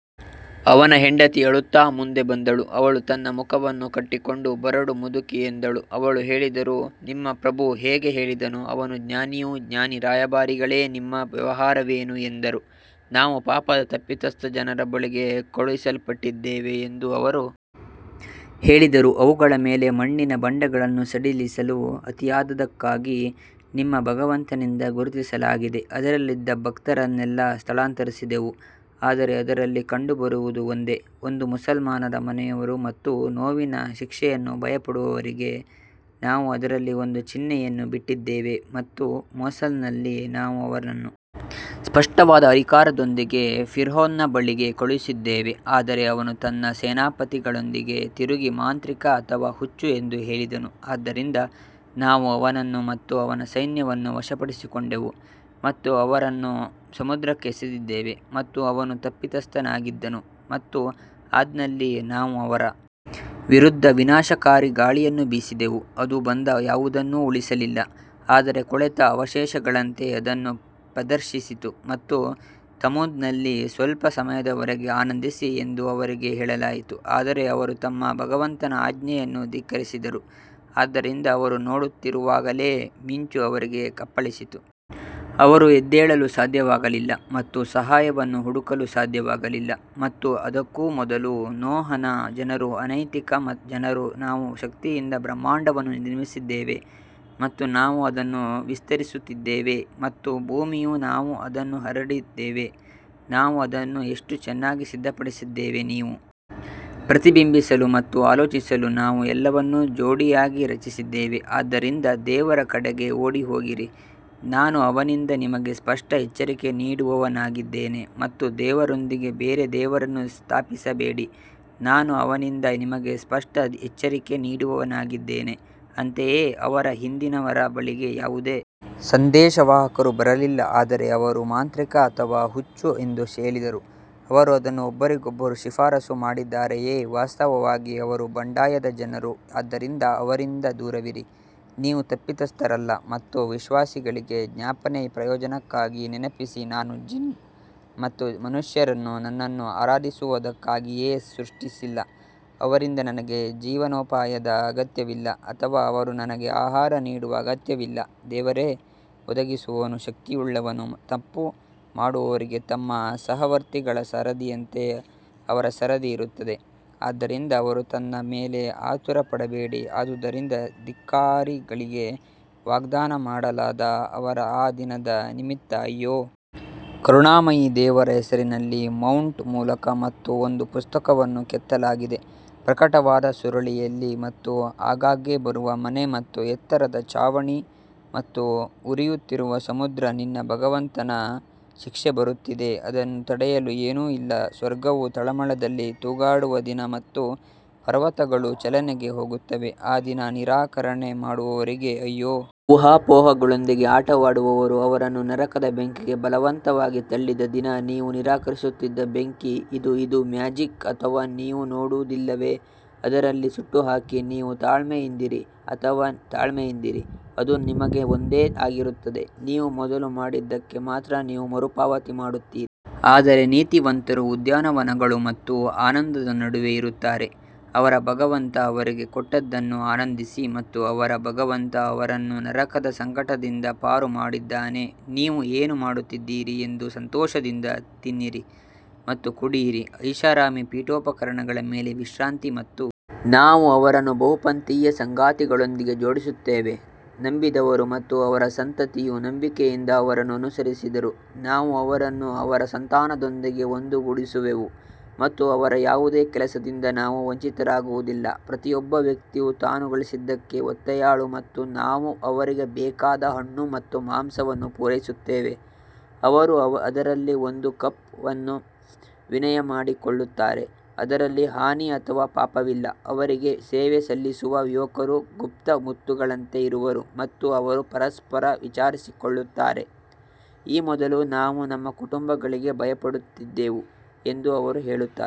ಅವನ ಹೆಂಡತಿ ಅಳುತ್ತಾ ಮುಂದೆ ಬಂದಳು ಅವಳು ತನ್ನ ಮುಖವನ್ನು ಕಟ್ಟಿಕೊಂಡು ಬರಡು ಮುದುಕಿ ಎಂದಳು ಅವರು ಹೇಳಿದರು ನಿಮ್ಮ ಪ್ರಭು ಹೀಗೆ ಹೇಳಿದನು ಅವನು ಜ್ಞಾನಿಯು ಜ್ಞಾನಿ ರಾಯಭಾರಿಗಳೇ ನಿಮ್ಮ ವ್ಯವಹಾರವೇನು ಎಂದರು ನಾವು ಪಾಪದ ತಪ್ಪಿತಸ್ಥ ಜನರ ಬಳಿಗೆ ಕಳುಹಿಸಲ್ಪಟ್ಟಿದ್ದೇವೆ ಎಂದು ಅವರು ಹೇಳಿದರು ಅವುಗಳ ಮೇಲೆ ಮಣ್ಣಿನ ಬಂಡೆಗಳನ್ನು ಸಡಿಲಿಸಲು ಅತಿಯಾದದ್ದಕ್ಕಾಗಿ ನಿಮ್ಮ ಭಗವಂತನಿಂದ ಗುರುತಿಸಲಾಗಿದೆ ಅದರಲ್ಲಿದ್ದ ಭಕ್ತರನ್ನೆಲ್ಲ ಸ್ಥಳಾಂತರಿಸಿದೆವು ಆದರೆ ಅದರಲ್ಲಿ ಕಂಡುಬರುವುದು ಒಂದೇ ಒಂದು ಮುಸಲ್ಮಾನರ ಮನೆಯವರು ಮತ್ತು ನೋವಿನ ಶಿಕ್ಷೆಯನ್ನು ಭಯಪಡುವವರಿಗೆ ನಾವು ಅದರಲ್ಲಿ ಒಂದು ಚಿಹ್ನೆಯನ್ನು ಬಿಟ್ಟಿದ್ದೇವೆ ಮತ್ತು ಮೋಸೆಸ್ನಲ್ಲಿ ನಾವು ಅವನನ್ನು ಸ್ಪಷ್ಟವಾದ ಅಧಿಕಾರದೊಂದಿಗೆ ಫಿರ್ಔನ್ನ ಬಳಿಗೆ ಕಳುಹಿಸಿದ್ದೇವೆ ಆದರೆ ಅವನು ತನ್ನ ಸೇನಾಧಿಪತಿಗಳೊಂದಿಗೆ ತಿರುಗಿ ಮಾಂತ್ರಿಕ ಅಥವಾ ಹುಚ್ಚು ಎಂದು ಹೇಳಿದನು ಆದ್ದರಿಂದ ನಾವು ಅವನನ್ನು ಮತ್ತು ಅವನ ಸೈನ್ಯವನ್ನು ವಶಪಡಿಸಿಕೊಂಡೆವು ಮತ್ತು ಅವರನ್ನು ಸಮುದ್ರಕ್ಕೆ ಎಸೆದಿದ್ದೇವೆ ಮತ್ತು ಅವನು ತಪ್ಪಿತಸ್ಥನಾಗಿದ್ದನು ಮತ್ತು ಆದ್ನಲ್ಲಿ ನಾವು ಅವರ ವಿರುದ್ಧ ವಿನಾಶಕಾರಿ ಗಾಳಿಯನ್ನು ಬೀಸಿದೆವು ಅದು ಬಂದ ಯಾವುದನ್ನೂ ಉಳಿಸಲಿಲ್ಲ ಆದರೆ ಕೊಳೆತ ಅವಶೇಷಗಳಂತೆ ಅದನ್ನು ಪ್ರದರ್ಶಿಸಿತು ಮತ್ತು ತಮೂದ್ನಲ್ಲಿ ಸ್ವಲ್ಪ ಸಮಯದವರೆಗೆ ಆನಂದಿಸಿ ಎಂದು ಅವರಿಗೆ ಹೇಳಲಾಯಿತು ಆದರೆ ಅವರು ತಮ್ಮ ಭಗವಂತನ ಆಜ್ಞೆಯನ್ನು ಧಿಕ್ಕರಿಸಿದರು, ಆದ್ದರಿಂದ ಅವರು ನೋಡುತ್ತಿರುವಾಗಲೇ ಮಿಂಚು ಅವರಿಗೆ ಅಪ್ಪಳಿಸಿತು ಅವರು ಎದ್ದೇಳಲು ಸಾಧ್ಯವಾಗಲಿಲ್ಲ ಮತ್ತು ಸಹಾಯವನ್ನು ಹುಡುಕಲು ಸಾಧ್ಯವಾಗಲಿಲ್ಲ ಮತ್ತು ಅದಕ್ಕೂ ಮೊದಲು ನೋಹನ ಜನರು ಅನೈತಿಕ ಜನರು ನಾವು ಶಕ್ತಿಯಿಂದ ಬ್ರಹ್ಮಾಂಡವನ್ನು ನಿರ್ಮಿಸಿದ್ದೇವೆ ಮತ್ತು ನಾವು ಅದನ್ನು ವಿಸ್ತರಿಸುತ್ತಿದ್ದೇವೆ ಮತ್ತು ಭೂಮಿಯು ನಾವು ಅದನ್ನು ಹರಡಿದ್ದೇವೆ ನಾವು ಅದನ್ನು ಎಷ್ಟು ಚೆನ್ನಾಗಿ ಸಿದ್ಧಪಡಿಸಿದ್ದೇವೆ ನೀವು ಪ್ರತಿಬಿಂಬಿಸಲು ಮತ್ತು ಆಲೋಚಿಸಲು ನಾವು ಎಲ್ಲವನ್ನೂ ಜೋಡಿಯಾಗಿ ರಚಿಸಿದ್ದೇವೆ ಆದ್ದರಿಂದ ದೇವರ ಕಡೆಗೆ ಓಡಿಹೋಗಿರಿ, ನಾನು ಅವನಿಂದ ನಿಮಗೆ ಸ್ಪಷ್ಟ ಎಚ್ಚರಿಕೆ ನೀಡುವವನಾಗಿದ್ದೇನೆ ಮತ್ತು ದೇವರೊಂದಿಗೆ ಬೇರೆ ದೇವರನ್ನು ಸ್ಥಾಪಿಸಬೇಡಿ, ನಾನು ಅವನಿಂದ ನಿಮಗೆ ಸ್ಪಷ್ಟ ಎಚ್ಚರಿಕೆ ನೀಡುವವನಾಗಿದ್ದೇನೆ ಅಂತೆಯೇ ಅವರ ಹಿಂದಿನವರ ಬಳಿಗೆ ಯಾವುದೇ ಸಂದೇಶವಾಹಕರು ಬರಲಿಲ್ಲ ಆದರೆ ಅವರು ಮಾಂತ್ರಿಕ ಅಥವಾ ಹುಚ್ಚು ಎಂದು ಹೇಳಿದರು ಅವರು ಅದನ್ನು ಒಬ್ಬರಿಗೊಬ್ಬರು ಶಿಫಾರಸು ಮಾಡಿದ್ದಾರೆಯೇ ವಾಸ್ತವವಾಗಿ ಅವರು ಬಂಡಾಯದ ಜನರು ಆದ್ದರಿಂದ ಅವರಿಂದ ದೂರವಿರಿ, ನೀವು ತಪ್ಪಿತಸ್ಥರಲ್ಲ ಮತ್ತು ವಿಶ್ವಾಸಿಗಳಿಗೆ ಜ್ಞಾಪನೆ ಪ್ರಯೋಜನಕ್ಕಾಗಿ ನೆನಪಿಸಿ ನಾನು ಜಿನ್ ಮತ್ತು ಮನುಷ್ಯರನ್ನು ನನ್ನನ್ನು ಆರಾಧಿಸುವುದಕ್ಕಾಗಿಯೇ ಸೃಷ್ಟಿಸಿಲ್ಲ ಅವರಿಂದ ನನಗೆ ಜೀವನೋಪಾಯದ ಅಗತ್ಯವಿಲ್ಲ ಅಥವಾ ಅವರು ನನಗೆ ಆಹಾರ ನೀಡುವ ಅಗತ್ಯವಿಲ್ಲ ದೇವರೇ ಒದಗಿಸುವವನು ಶಕ್ತಿಯುಳ್ಳವನು ತಪ್ಪು ಮಾಡುವವರಿಗೆ ತಮ್ಮ ಸಹವರ್ತಿಗಳ ಸರದಿಯಂತೆ ಅವರ ಸರದಿ ಇರುತ್ತದೆ ಆದ್ದರಿಂದ ಅವರು ನನ್ನ ಮೇಲೆ ಆತುರಪಡಬೇಡಿ ಆದುದರಿಂದ ಧಿಕ್ಕಾರಿಗಳಿಗೆ ವಾಗ್ದಾನ ಮಾಡಲಾದ ಅವರ ಆ ದಿನದ ನಿಮಿತ್ತ ಅಯ್ಯೋ! ಕರುಣಾಮಯಿ ದೇವರ ಹೆಸರಿನಲ್ಲಿ ಮೌಂಟ್ ಮೂಲಕ ಮತ್ತು ಒಂದು ಪುಸ್ತಕವನ್ನು ಕೆತ್ತಲಾಗಿದೆ ಪ್ರಕಟವಾದ ಸುರುಳಿಯಲ್ಲಿ ಮತ್ತು ಆಗಾಗ್ಗೆ ಬರುವ ಮನೆ ಮತ್ತು ಎತ್ತರದ ಛಾವಣಿ ಮತ್ತು ಉರಿಯುತ್ತಿರುವ ಸಮುದ್ರ ನಿನ್ನ ಭಗವಂತನ ಶಿಕ್ಷೆ ಬರುತ್ತಿದೆ ಅದನ್ನು ತಡೆಯಲು ಏನೂ ಇಲ್ಲ ಸ್ವರ್ಗವು ತಳಮಳದಲ್ಲಿ ತೂಗಾಡುವ ದಿನ ಮತ್ತು ಪರ್ವತಗಳು ಚಲನೆಗೆ ಹೋಗುತ್ತವೆ ಆ ದಿನ ನಿರಾಕರಣೆ ಮಾಡುವವರಿಗೆ ಅಯ್ಯೋ! ಊಹಾಪೋಹಗಳೊಂದಿಗೆ ಆಟವಾಡುವವರು ಅವರನ್ನು ನರಕದ ಬೆಂಕಿಗೆ ಬಲವಂತವಾಗಿ ತಳ್ಳಿದ ದಿನ ನೀವು ನಿರಾಕರಿಸುತ್ತಿದ್ದ ಬೆಂಕಿ ಇದು ಇದು ಮ್ಯಾಜಿಕ್ ಅಥವಾ ನೀವು ನೋಡುವುದಿಲ್ಲವೇ ಅದರಲ್ಲಿ ಸುಟ್ಟುಹಾಕಿ, ನೀವು ತಾಳ್ಮೆಯಿಂದಿರಿ ಅಥವಾ ತಾಳ್ಮೆಯಿಂದಿರಿ, ಅದು ನಿಮಗೆ ಒಂದೇ ಆಗಿರುತ್ತದೆ, ನೀವು ಮೊದಲು ಮಾಡಿದ್ದಕ್ಕೆ ಮಾತ್ರ ನೀವು ಮರುಪಾವತಿ ಮಾಡುತ್ತೀರಿ. ಆದರೆ ನೀತಿವಂತರು ಉದ್ಯಾನವನಗಳು ಮತ್ತು ಆನಂದದ ನಡುವೆ ಇರುತ್ತಾರೆ ಅವರ ಭಗವಂತ ಅವರಿಗೆ ಕೊಟ್ಟದ್ದನ್ನು ಆನಂದಿಸಿ ಮತ್ತು ಅವರ ಭಗವಂತ ಅವರನ್ನು ನರಕದ ಸಂಕಟದಿಂದ ಪಾರು ಮಾಡಿದ್ದಾನೆ ನೀವು ಏನು ಮಾಡುತ್ತಿದ್ದೀರಿ ಎಂದು ಸಂತೋಷದಿಂದ ತಿನ್ನಿರಿ ಮತ್ತು ಕುಡಿಯಿರಿ ಐಷಾರಾಮಿ ಪೀಠೋಪಕರಣಗಳ ಮೇಲೆ ವಿಶ್ರಾಂತಿ ಮತ್ತು ನಾವು ಅವರನ್ನು ಬಹುಕಾಂತೀಯ ಸಂಗಾತಿಗಳೊಂದಿಗೆ ಜೋಡಿಸುತ್ತೇವೆ ನಂಬಿದವರು ಮತ್ತು ಅವರ ಸಂತತಿಯು ನಂಬಿಕೆಯಿಂದ ಅವರನ್ನು ಅನುಸರಿಸಿದರು ನಾವು ಅವರನ್ನು ಅವರ ಸಂತಾನದೊಂದಿಗೆ ಒಂದುಗೂಡಿಸುವೆವು ಮತ್ತು ಅವರ ಯಾವುದೇ ಕೆಲಸದಿಂದ ನಾವು ವಂಚಿತರಾಗುವುದಿಲ್ಲ ಪ್ರತಿಯೊಬ್ಬ ವ್ಯಕ್ತಿಯು ತಾನು ಗಳಿಸಿದ್ದಕ್ಕೆ ಒತ್ತೆಯಾಳು ಮತ್ತು ನಾವು ಅವರಿಗೆ ಬೇಕಾದ ಹಣ್ಣು ಮತ್ತು ಮಾಂಸವನ್ನು ಪೂರೈಸುತ್ತೇವೆ ಅವರು ಅದರಲ್ಲಿ ಒಂದು ಕಪ್ ಅನ್ನು ವಿನಿಮಯ ಮಾಡಿಕೊಳ್ಳುತ್ತಾರೆ, ಅದರಲ್ಲಿ ಹಾನಿ ಅಥವಾ ಪಾಪವಿಲ್ಲ ಅವರಿಗೆ ಸೇವೆ ಸಲ್ಲಿಸುವ ಯುವಕರು ಗುಪ್ತ ಮುತ್ತುಗಳಂತೆ ಇರುವರು ಮತ್ತು ಅವರು ಪರಸ್ಪರ ವಿಚಾರಿಸಿಕೊಳ್ಳುತ್ತಾರೆ ಈ ಮೊದಲು ನಾವು ನಮ್ಮ ಕುಟುಂಬಗಳಿಗೆ ಭಯಪಡುತ್ತಿದ್ದೆವು ಎಂದು ಅವರು ಹೇಳುತ್ತಾರೆ.